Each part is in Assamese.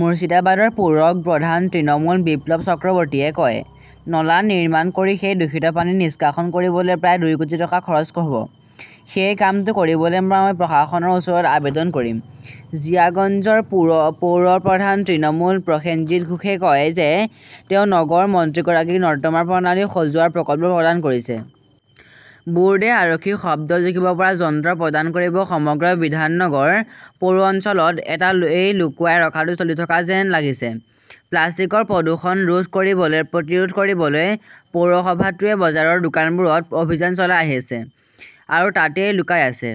মুৰ্ছিদাবাদৰ পৌৰ প্ৰধান তৃণমূল বিপ্লৱ চক্ৰৱৰ্তীয়ে কয়, নলা নিৰ্মাণ কৰি সেই দূষিত পানী নিষ্কাশন কৰিবলৈ প্ৰায় দুই কোটি টকা খৰচ হব । সেই কামটো কৰিবলৈ মই প্ৰশাসনৰ ওচৰত আবেদন কৰিম। জিয়াগঞ্জৰ পৌৰ প্ৰধান তৃণমূল প্ৰসেনজিৎ ঘোষে কয় যে তেওঁ নগৰ মন্ত্ৰীগৰাকীক নৰ্দমা প্ৰণালী সজোৱাৰ প্ৰকল্প প্ৰদান কৰিছে। বোৰ্ডে আৰক্ষীক শব্দ জুখিব পৰা যন্ত্ৰ প্ৰদান কৰিব সমগ্ৰ বিধাননগৰ পৌৰ অঞ্চলত এই লুকুৱাই ৰখাটো চলি থকা যেন লাগিছে। প্লাষ্টিকৰ প্ৰদূষণ প্ৰতিৰোধ কৰিবলৈ পৌৰসভাটোৱে বজাৰৰ দোকানবোৰত অভিযান চলাই আছে। আৰু তাতেই লুকাই আছে।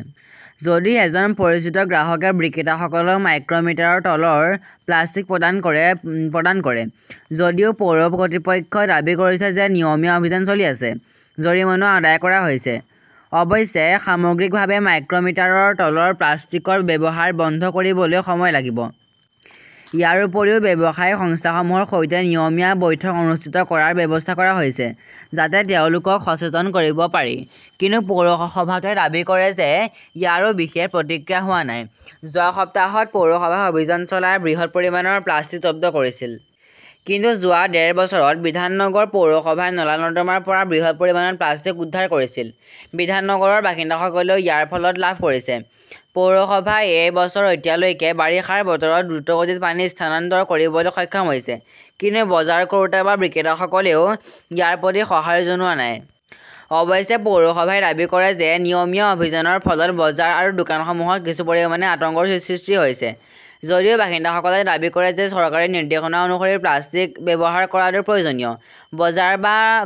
যদি এজন পৰিচিত গ্ৰাহকে বিক্ৰেতাসকলক মাইক্ৰ মিটাৰৰ তলৰ প্লাষ্টিক প্ৰদান কৰে। যদিও পৌৰ কৰ্তৃপক্ষই দাবী কৰিছে যে নিয়মীয়া অভিযান চলি আছে। জৰিমনাও আদায় কৰা হৈছে। অৱশ্যে সামগ্ৰিকভাৱে মাইক্ৰ মিটাৰৰ তলৰ প্লাষ্টিকৰ ব্যৱহাৰ বন্ধ কৰিবলৈ সময় লাগিব। ইয়াৰ উপৰিও ব্যৱসায়িক সংস্থাসমূহৰ সৈতে নিয়মীয়া বৈঠক অনুষ্ঠিত কৰাৰ ব্যৱস্থা কৰা হৈছে, যাতে তেওঁলোকক সচেতন কৰিব পাৰি। কিন্তু পৌৰসভাটোৱে দাবী কৰে যে ইয়াৰো বিশেষ প্ৰতিক্ৰিয়া হোৱা নাই। যোৱা সপ্তাহত পৌৰসভাই অভিযান চলাই বৃহৎ পৰিমাণৰ প্লাষ্টিক জব্দ কৰিছিল। কিন্তু যোৱা ডেৰ বছৰত বিধাননগৰ পৌৰসভাই নলা-নৰ্দমাৰ পৰা বৃহৎ পৰিমাণৰ প্লাষ্টিক উদ্ধাৰ কৰিছিল। বিধাননগৰৰ বাসিন্দাসকলেও ইয়াৰ ফল লাভ কৰিছে। পৌৰসভাই এই বছৰ এতিয়ালৈকে বাৰিষাৰ বতৰত দ্ৰুতগতিত পানী স্থানান্তৰ কৰিবলৈ সক্ষম হৈছে। কিন্তু বজাৰ কৰোঁতা বা বিক্ৰেতাসকলেও ইয়াৰ প্ৰতি সঁহাৰি জনোৱা নাই। অৱশ্যে, পৌৰসভাই দাবী কৰে যে নিয়মীয়া অভিযানৰ ফলত বজাৰ আৰু দোকানসমূহত কিছু পৰিমাণে আতংকৰ সৃষ্টি হৈছে। যদিও বাসিন্দাসকলে দাবী কৰে যে চৰকাৰী নিৰ্দেশনা অনুসৰি প্লাষ্টিক ব্যৱহাৰ কৰাটো প্ৰয়োজনীয়। বজাৰ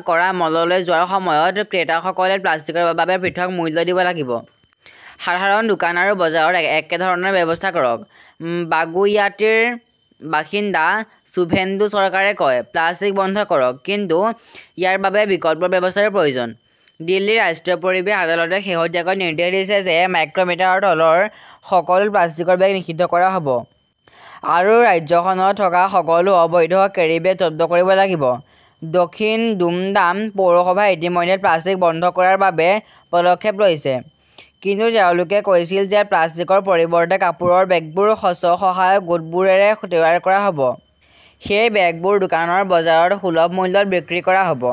কৰা মললৈ যোৱাৰ সময়ত ক্ৰেতাসকলে প্লাষ্টিকৰ বাবে পৃথক মূল্য দিব লাগিব। সাধাৰণ দোকান আৰু বজাৰত একেধৰণৰ ব্যৱস্থা কৰক। বাগুইয়াটীৰ বাসিন্দা সুভেন্দু চৰকাৰে কয়, প্লাষ্টিক বন্ধ কৰক। কিন্তু ইয়াৰ বাবে বিকল্প ব্যৱস্থাৰো প্ৰয়োজন। দিল্লীৰ ৰাষ্ট্ৰীয় পৰিৱেশ আদালতে শেহতীয়াকৈ নিৰ্দেশ দিছে যে মাইক্ৰমিটাৰৰ তলৰ সকলো প্লাষ্টিকৰ বেগ নিষিদ্ধ কৰা হব। আৰু ৰাজ্যখনত থকা সকলো অবৈধ কেৰীবেগ জব্দ কৰিব লাগিব। দক্ষিণ দুমডাম পৌৰসভাই ইতিমধ্যে প্লাষ্টিক বন্ধ কৰাৰ বাবে পদক্ষেপ লৈছে। কিন্তু তেওঁলোকে কৈছিল যে প্লাষ্টিকৰ পৰিৱৰ্তে কাপোৰৰ বেগবোৰ স্ব-সহায়ক গোটবোৰেৰে তৈয়াৰ কৰা হ 'ব। সেই বেগবোৰ দোকানৰ বজাৰত সুলভ মূল্যত বিক্ৰী কৰা হ 'ব।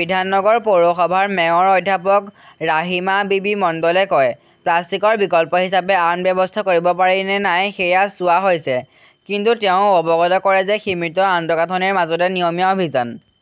বিধাননগৰ পৌৰসভাৰ মেয়ৰ অধ্যাপক ৰাহিমা বিবি মণ্ডলে কয়, প্লাষ্টিকৰ বিকল্প হিচাপে আন ব্যৱস্থা কৰিব পাৰি নে নাই সেয়া চোৱা হৈছে। ""কিন্তু তেওঁ অৱগত কৰে যে সীমিত আন্তঃগাঁথনিৰ মাজতে নিয়মীয়া অভিযান"